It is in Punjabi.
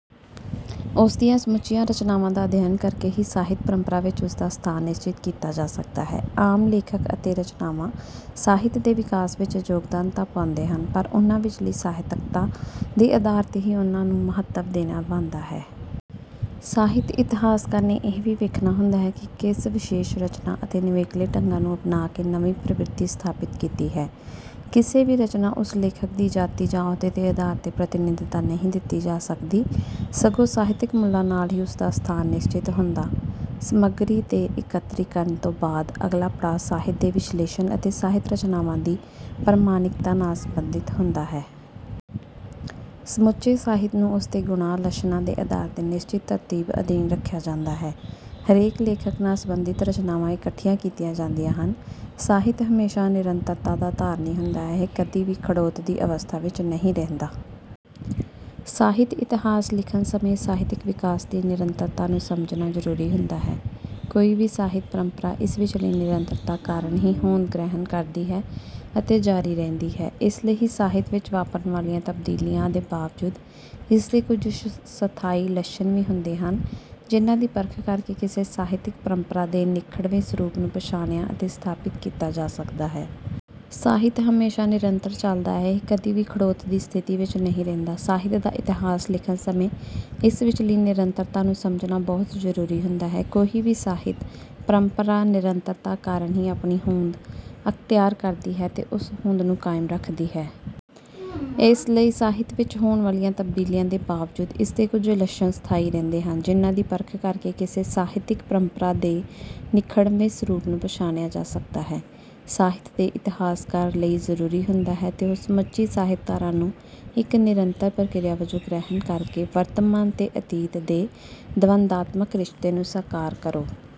ਉਸਦੀਆਂ ਸਮੁੱਚੀਆਂ ਰਚਨਾਵਾਂ ਦਾ ਅਧਿਐਨ ਕਰਕੇ ਹੀ ਸਾਹਿਤ ਪਰੰਪਰਾ ਵਿੱਚ ਉਸਦਾ ਸਥਾਨ ਨਿਸ਼ਚਿਤ ਕੀਤਾ ਜਾ ਸਕਦਾ ਹੈ ਆਮ ਲੇਖਕ ਅਤੇ ਰਚਨਾਵਾਂ ਸਾਹਿਤ ਦੇ ਵਿਕਾਸ ਵਿੱਚ ਯੋਗਦਾਨ ਤਾਂ ਪਾਉਂਦੇ ਹਨ ਪਰ ਉਹਨਾਂ ਵਿਚਲੀ ਸਾਹਿਤਕਤਾ ਦੇ ਆਧਾਰ ਤੇ ਹੀ ਉਹਨਾਂ ਨੂੰ ਮਹੱਤਵ ਦੇਣਾ ਬਣਦਾ ਹੈ। ਸਾਹਿਤ ਇਤਿਹਾਸਕਾਰ ਨੇ ਇਹ ਵੀ ਵੇਖਣਾ ਹੁੰਦਾ ਹੈ ਕਿ ਕਿਸ ਵਿਸ਼ੇਸ਼ ਰਚਨਾ ਅਤੇ ਨਿਵੇਕਲੇ ਢੰਗਾਂ ਨੂੰ ਅਪਣਾ ਕੇ ਨਵੀ ਪ੍ਰਵਿਰਤੀ ਸਥਾਪਿਤ ਕੀਤੀ ਹੈ। ਕਿਸੇ ਵੀ ਰਚਨਾ ਉਸ ਲੇਖਕ ਦੀ ਜਾਤੀ ਜਾ ਅਹੁਦੇ ਦੇ ਆਧਾਰ ਤੇ ਪ੍ਰਤਿਨਿੱਧਤਾ ਨਹੀਂ ਦਿੱਤੀ ਜਾ ਸਕਦੀ ਸਗੋਂ ਸਾਹਿਤਕ ਮੁੱਲਾ ਨਾਲ ਹੀ ਉਸਦਾ ਸਥਾਨ ਨਿਸਚਿਤ ਹੁੰਦਾ ਸਮੱਗਰੀ ਦੇ ਇਕੱਤਰੀਕਰਨ ਤੋਂ ਬਾਅਦ ਅਗਲਾ ਪੜਾਅ ਸਾਹਿਤ ਦੇ ਵਿਸ਼ਲੇਸ਼ਣ ਅਤੇ ਸਾਹਿਤ ਰਚਨਾਵਾਂ ਦੀ ਪ੍ਰਮਾਣਿਕਤਾ ਨਾਲ ਸੰਬੰਧਿਤ ਹੁੰਦਾ ਹੈ। ਸਮੁੱਚੇ ਸਾਹਿਤ ਨੂੰ ਉਸਦੇ ਗੁਣਾ, ਲੱਛਣਾਂ ਦੇ ਅਧਾਰ ਤੇ ਨਿਸ਼ਚਿਤ ਤਰਤੀਬ ਅਧੀਨ ਰੱਖਿਆ ਜਾਂਦਾ ਹੈ। ਹਰੇਕ ਲੇਖਕ ਨਾਲ ਸੰਬੰਧਿਤ ਰਚਨਾਵਾਂ ਇਕੱਠੀਆਂ ਕੀਤੀਆਂ ਜਾਂਦੀਆਂ ਹਨ। ਸਾਹਿਤ ਹਮੇਸ਼ਾ ਨਿਰੰਤਰਤਾ ਦਾ ਧਾਰਨੀ ਹੁੰਦਾ ਹੈ। ਇਹ ਕਦੀ ਵੀ ਖੜੋਤ ਦੀ ਅਵਸਥਾ ਵਿੱਚ ਨਹੀਂ ਰਹਿੰਦਾ। ਸਾਹਿਤ ਇਤਿਹਾਸ ਲਿਖਣ ਸਮੇਂ ਸਾਹਿਤਕ ਵਿਕਾਸ ਦੀ ਨਿਰੰਤਰਤਾ ਨੂੰ ਸਮਝਣਾ ਜਰੂਰੀ ਹੁੰਦਾ ਹੈ। ਕੋਈ ਵੀ ਸਾਹਿਤ ਪਰੰਪਰਾ ਇਸ ਵਿਚਲੀ ਨਿਰੰਤਰਤਾ ਕਾਰਨ ਹੀ ਹੋਂਦ ਗ੍ਰਹਿਣ ਕਰਦੀ ਹੈ ਅਤੇ ਜਾਰੀ ਰਹਿੰਦੀ ਹੈ। ਇਸ ਲਈ ਸਾਹਿਤ ਵਿੱਚ ਵਾਪਰਨ ਵਾਲੀਆਂ ਤਬਦੀਲੀਆਂ ਦੇ ਬਾਵਜੂਦ ਇਸਦੇ ਕੁਝ ਸਥਾਈ ਲੱਛਣ ਵੀ ਹੁੰਦੇ ਹਨ ਜਿਨ੍ਹਾਂ ਦੀ ਪਰਖ ਕਰਕੇ ਕਿਸੇ ਸਾਹਿਤਿਕ ਪਰੰਪਰਾਂ ਦੇ ਨਿਖੜਵੇਂ ਸਰੂਪ ਨੂੰ ਪਛਾਣਿਆ ਅਤੇ ਸਥਾਪਿਤ ਕੀਤਾ ਜਾ ਸਕਦਾ ਹੈ। ਸਾਹਿਤ ਹਮੇਸ਼ਾ ਨਿਰੰਤਰ ਚੱਲਦਾ ਹੈ। ਇਹ ਕਦੀ ਵੀ ਖੜੋਤ ਦੀ ਸਥਿਤੀ ਵਿਚ ਨਹੀਂ ਰਹਿੰਦਾ। ਸਾਹਿਤ ਦਾ ਇਤਿਹਾਸ ਲਿਖਣ ਸਮੇਂ ਇਸ ਵਿਚਲੀ ਨਿਰੰਤਰਤਾ ਨੂੰ ਸਮਝਣਾ ਬਹੁਤ ਜਰੂਰੀ ਹੁੰਦਾ ਹੈ। ਕੋਈ ਵੀ ਸਾਹਿਤ ਪਰੰਪਰਾ ਨਿਰੰਤਰਤਾ ਕਾਰਨ ਹੀ ਆਪਣੀ ਹੋਂਦ ਅਖਤਿਆਰ ਕਰਦੀ ਹੈ ਅਤੇ ਉਸ ਹੋਂਦ ਨੂੰ ਕਾਇਮ ਰੱਖਦੀ ਹੈ। ਇਸ ਲਈ ਸਾਹਿਤ ਵਿਚ ਹੋਣ ਵਾਲੀਆਂ ਤਬਦੀਲੀਆਂ ਦੇ ਬਾਵਜੂਦ ਇਸਦੇ ਕੁਝ ਲੱਛਣ ਸਥਾਈ ਰੰਹਿਦੇ ਹਨ ਜਿਨ੍ਹਾਂ ਦੀ ਪਰਖ ਕਰਕੇ ਕਿਸੇ ਸਾਹਿਤਕ ਪਰੰਪਰਾਂ ਦੇ ਨਿਖਨੜਵੇਂ ਸਰੂਪ ਨੂੰ ਪਛਾਣਿਆ ਜਾ ਸਕਦਾ ਹੈ। ਸਾਹਿਤ ਦੇ ਇਤਿਹਾਸਕਾਰ ਲਈ ਜਰੂਰੀ ਹੁੰਦਾ ਹੈ ਕਿ ਉਹ ਸਮੁੱਚੀ ਸਾਹਿਤ-ਧਾਰਾ ਨੂੰ ਇਕ ਨਿਰੰਤਰ ਪ੍ਰਕਿਰਿਆ ਵਜੋਂ ਗ੍ਰਹਿਣ ਕਰਕੇ ਵਰਤਮਾਨ ਤੇ ਅਤੀਤ ਦੇ ਦੰਵਦਾਤਮਕ ਰਿਸ਼ਤੇ ਨੂੰ ਸਾਕਾਰ ਕਰੇ।